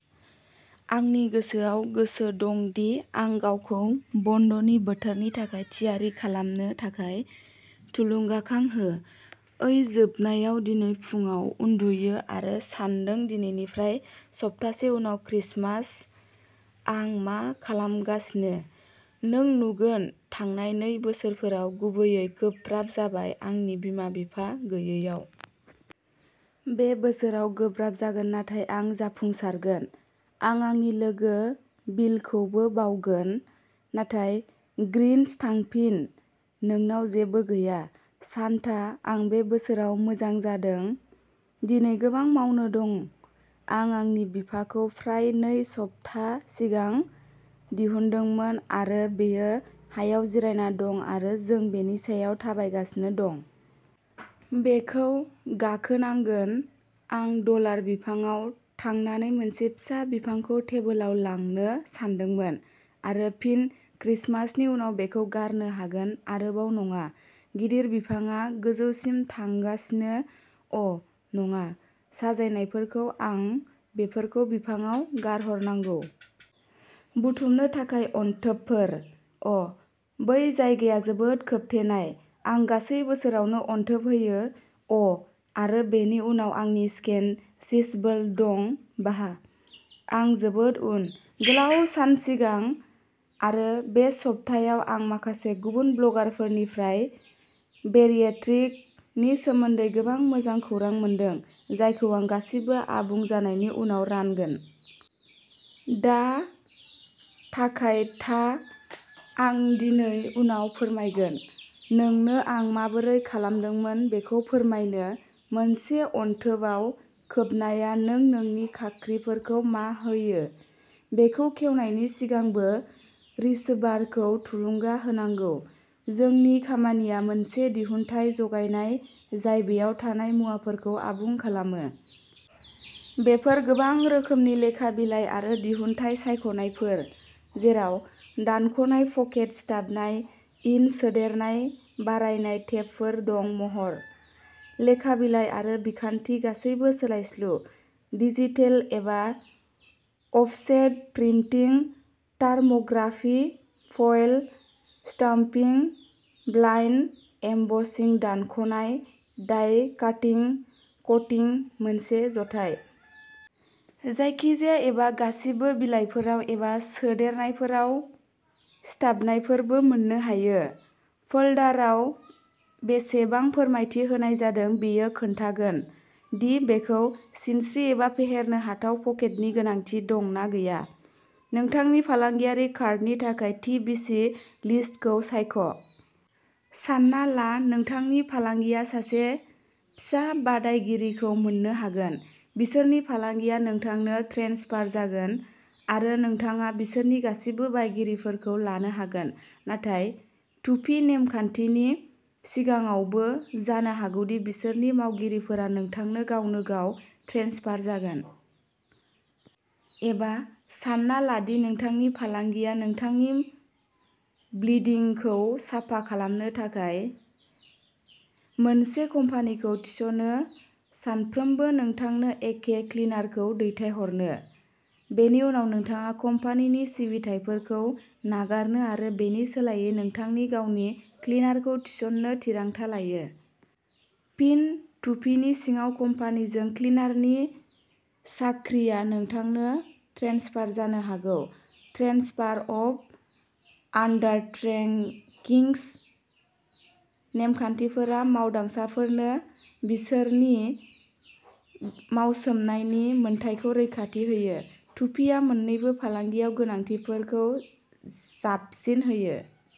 आंनि गोसोआव गोसो दं दि आं गावखौ बन्दनि बोथोरनि थाखाय थियारि खालामनो थाखाय थुलुंगाखां हो। ओइ जोबनायाव दिनै फुंआव उन्दुयो आरो सान्दों दिनैनिफ्राय सप्तासे उनाव क्रिसमास, आं मा खालामगासिनो? नों नुगोन थांनाय नै बोसोरफोरा गुबैयै गोब्राब जाबाय आंनि बिमा-बिफा गैयैआव। बे बोसोरआ गोब्राब जागोन नाथाय आं जाफुंसारगोन। आं आंनि लोगो बिलखौबो बावगोन। नाथाय ग्रिन्च थांफिन, नोंनाव जेबो गैया। सान्ता आं बे बोसोराव मोजां जादों। दिनै गोबां मावनो दं, आं आंनि बिफांखौ फ्राय नै सप्ताह सिगां दिहुनदोंमोन आरो बेयो हायाव जिरायना दं आरो जों बेनि सायाव थाबायगासिनो दं। बेखौ गाखोनांगोन, आं डलार बिफांआव थांनानै मोनसे फिसा बिफांखौ टेबोलाव लांनो सानदोंमोन आरो फिन क्रिसमासनि उनाव बेखौ गारनो हागोन आरोबाव नङा। गिदिर बिफांआ गोजौसिम थांगासिनो, अ ' नङा। साजायनायफोरखौ आं बेफोरखौ बिफांआव गारहरनांगौ। बुथुमनो थाखाय अनथोबफोर, अ' बै जायगाया जोबोद खोबथेनाय। आं गासै बोसोरावनो अनथोब होयो। अ' आरो बेनि उनाव आंनि चिकेन चिजबोल दं बाह, आं जोबोद उन। गोलाव सान सिगां। आरो बे सप्तायाव आं माखासे गुबुन ब्लगारफोरनिफ्राय बेरिएट्रिक नि सोमोन्दै गोबां मोजां खौरां मोनदों, जायखौ आं गासिबो आबुं जानायनि उनाव रानगोन। दा थाखाय ताह आं दिनै उनाव फोरमायगोन नोंनो आं माबोरै खालामदोंमोन बेखौ फोरमायनो। मोनसे अनथोबआव खोबनाया। नों नोंनि खाख्रिफोरखौ मा होयो, बेखौ खेवनायनि सिगांबो रिसीभारखौ थुलुंगा होनांगौ। जोंनि खामानिया मोनसे दिहुनथाय जगायनाय, जाय बेयाव थानाय मुवाफोरखौ आबुं खालामो। बेफोर गोबां रोखोमनि लेखा बिलाइ आरो दिहुनथाय सायख'नायफोर, जेराव दानख'नाय पकेट, सिथाबनाय इन सोदेरनाय, बारायनाय टेबफोर दं महर, लेखा बिलाइ आरो बिखान्थि गासैबो सोलायस्लु। डिजिटेल एबा offset printing, thermography, foil stamping, blind embossing, दानख'नाय, डाइ काटिं, क'टिं मोनसे जथाय। जायखिजाया एबा गासिबो। बिलाइफोराव एबा सोदेरनायफोराव सिथाबनायफोरबो मोननो हायो। फोल्डरआव बेसेबां फोरमायथि होनाय जादों बेयो खोन्थागोन दि बेखौ सिनस्रि एबा फेहेरनो हाथाव पकेटनि गोनांथि दं ना गैया। नोंथांनि फालांगियारि कार्डनि थाखाय थि बिसि स्लिटखौ सायख'। सानना ला नोंथांनि फालांगिया सासे फिसा बादायगिरिखौ मोन्नो हागोन। बिसोरनि फालांगिया नोंथांनो ट्रेन्सफार जागोन, आरो नोंथाङा बिसोरनि गासिबो बायगिरिफोरखौ लानो हागोन। नाथाय टुपी नेमखान्थिनि सिङावबो जानो हागौ दि बिसोरनि मावगिरिफोरा नोंथांनो गावनो गाव ट्रेन्सफार जागोन। एबा सानना ला दि नोंथांनि फालांगिया नोंथांनि बिल्दिंखौ साफा खालामनो थाखाय मोनसे कम्पानिखौ थिसनो सानफ्रोमबो नोंथांनो एखे क्लिनारखौ दैथायहरनो। बेनि उनाव नोंथाङा कम्पानिनि सिबिथाइफोरखौ नागारनो आरो बेनि सोलायै नोंथांनि गावनि क्लिनारखौ थिसननो थिरांथा लायो। फिन, टुपीनि सिङाव, कम्पानिजों क्लिनारनि साख्रिआ नोंथांनो ट्रेन्सफार जानो हागौ। ट्रेन्सफार अफ आन्डारटेकिंग्स नेमखान्थिफोरा मावदांसाफोरनो बिसोरनि मावसोमनायनि मोन्थाइखौ रैखाथि होयो। टुपीआ मोन्नैबो फालांगियाव गोनांथिफोरखौ जाबसिन होयो।